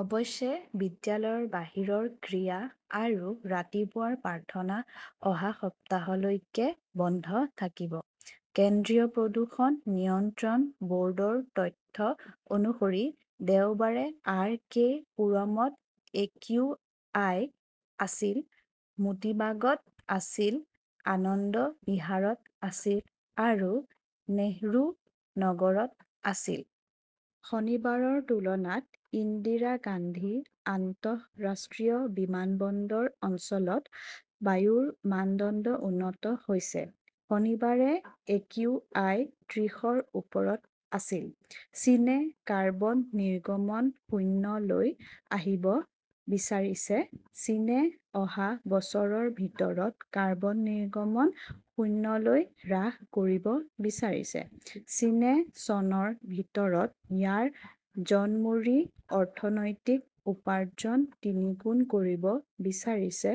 অৱশ্যে বিদ্যালয়ৰ বাহিৰৰ ক্ৰীড়া আৰু ৰাতিপুৱাৰ প্ৰাৰ্থনা অহা সপ্তাহলৈকে বন্ধ থাকিব। কেন্দ্ৰীয় প্ৰদূষণ নিয়ন্ত্ৰণ বৰ্ডৰ তথ্য অনুসৰি, দেওবাৰে আৰ. কে. পুৰমত একিউ. আই. আছিল, মোটিবাগত আছিল, আনন্দ বিহাৰত আছিল আৰু নেহৰু নগৰত আছিল। শনিবাৰৰ তুলনাত ইন্দিৰা গান্ধী আন্তঃৰাষ্ট্ৰীয় বিমানবন্দৰ অঞ্চলত বায়ুৰ মানদণ্ড উন্নত হৈছে। শনিবাৰে একিউআই ত্ৰিশৰ ওপৰত আছিল। চীনে কাৰ্বন নিৰ্গমন শূন্যলৈ আনিব বিচাৰিছে চীনে অহা বছৰৰ ভিতৰত কাৰ্বন নিৰ্গমন শূন্যলৈ হ্ৰাস কৰিব বিচাৰিছে। চীনে চনৰ ভিতৰত ইয়াৰ জনমূৰি অৰ্থনৈতিক উপাৰ্জন তিনিগুণ কৰিব বিচাৰিছে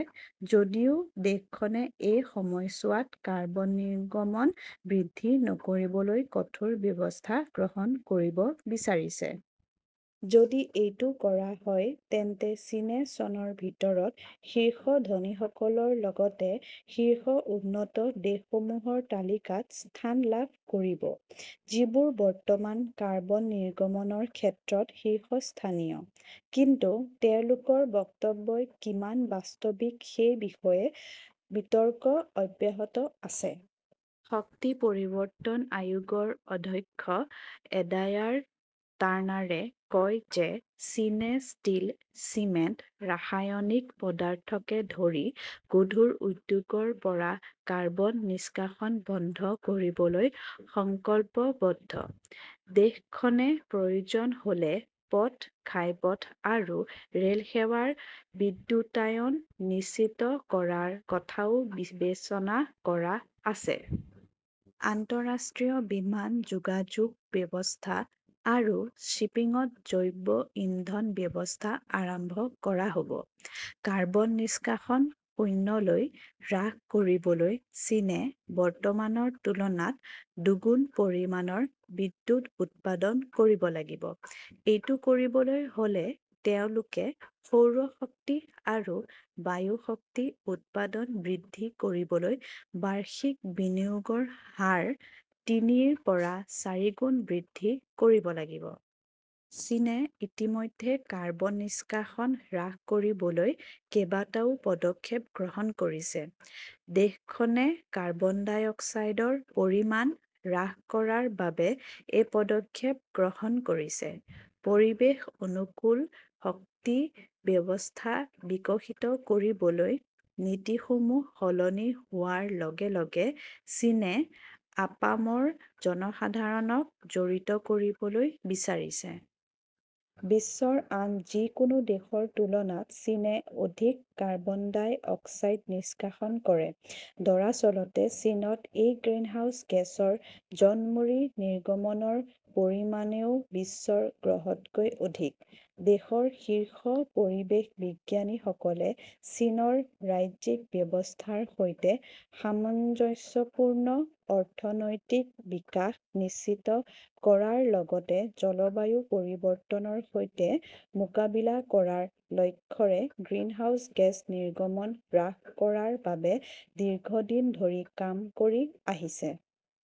যদিও দেশখনে এই সময়ছোৱাত কাৰ্বন নিৰ্গমন বৃদ্ধি নকৰিবলৈ কঠোৰ ব্যৱস্থা গ্ৰহণ কৰিব বিচাৰিছে। যদি এইটো কৰা হয়, তেন্তে চীনে চনৰ ভিতৰত শীৰ্ষ ধনীসকলৰ লগতে শীৰ্ষ উন্নত দেশসমূহৰ তালিকাত স্থান লাভ কৰিব, যিবোৰ বৰ্তমান কাৰ্বন নিৰ্গমনৰ ক্ষেত্ৰত শীৰ্ষস্থানীয়। কিন্তু তেওঁলোকৰ বক্তব্য কিমান বাস্তৱিক সেই বিষয়ে বিতৰ্ক অব্যাহত আছে। শক্তি পৰিৱৰ্তন আয়োগৰ অধ্যক্ষ এডায়াৰ টাৰ্নাৰে কয় যে চীনে ষ্টীল, চিমেণ্ট, ৰাসায়নিক পদাৰ্থকে ধৰি গধুৰ উদ্যোগৰ পৰা কাৰ্বন নিষ্কাশন বন্ধ কৰিবলৈ সংকল্পবদ্ধ। দেশখনে প্ৰয়োজন হ'লে পথ, ঘাইপথ আৰু ৰে'ল সেৱাৰ বিদ্যুতায়ন নিশ্চিত কৰাৰ কথাও বিবেচনা কৰি আছে। আন্তঃৰাষ্ট্ৰীয় বিমান যোগাযোগ ব্যৱস্থা আৰু শ্বিপিংত জৈৱ ইন্ধন ব্যৱস্থা আৰম্ভ কৰা হ'ব। কাৰ্বন নিষ্কাশন শূন্যলৈ হ্ৰাস কৰিবলৈ চীনে বৰ্তমানৰ তুলনাত দুগুণ পৰিমাণৰ বিদ্যুৎ উৎপাদন কৰিব লাগিব। এইটো কৰিবলৈ হ'লে তেওঁলোকে সৌৰ শক্তি আৰু বায়ু শক্তি উৎপাদন বৃদ্ধি কৰিবলৈ বাৰ্ষিক বিনিয়োগৰ হাৰ তিনিৰ পৰা চাৰিগুণ বৃদ্ধি কৰিব লাগিব। চীনে ইতিমধ্যে কাৰ্বন নিষ্কাশন হ্ৰাস কৰিবলৈ কেইবাটাও পদক্ষেপ গ্ৰহণ কৰিছে। দেশখনে কাৰ্বন ডাই অক্সাইডৰ পৰিমাণ হ্ৰাস কৰাৰ বাবে এই পদক্ষেপ গ্ৰহণ কৰিছে। পৰিৱেশ-অনুকূল শক্তি ব্যৱস্থা বিকশিত কৰিবলৈ নীতিসমূহ সলনি হোৱাৰ লগে লগে চীনে আপামৰ জনসাধাৰণক জড়িত কৰিবলৈ বিচাৰিছে। বিশ্বৰ আন যিকোনো দেশৰ তুলনাত চীনে অধিক কাৰ্বন ডাই অক্সাইড নিষ্কাশন কৰে। দৰাচলতে, চীনত এই গ্ৰিনহাউজ গেছৰ জনমূৰি নিৰ্গমনৰ পৰিমাণও বিশ্বৰ গড়তকৈ অধিক। দেশৰ শীৰ্ষ পৰিৱেশ বিজ্ঞানীসকলে চীনৰ ৰাজ্যিক ব্যৱস্থাৰ সৈতে সামঞ্জস্যপূৰ্ণ অৰ্থনৈতিক বিকাশ নিশ্চিত কৰাৰ লগতে জলবায়ু পৰিৱৰ্তনৰ সৈতে মোকাবিলা কৰাৰ লক্ষ্যৰে গ্ৰিনহাউজ গেছ নিৰ্গমন হ্ৰাস কৰাৰ বাবে দীৰ্ঘদিন ধৰি কাম কৰি আহিছে।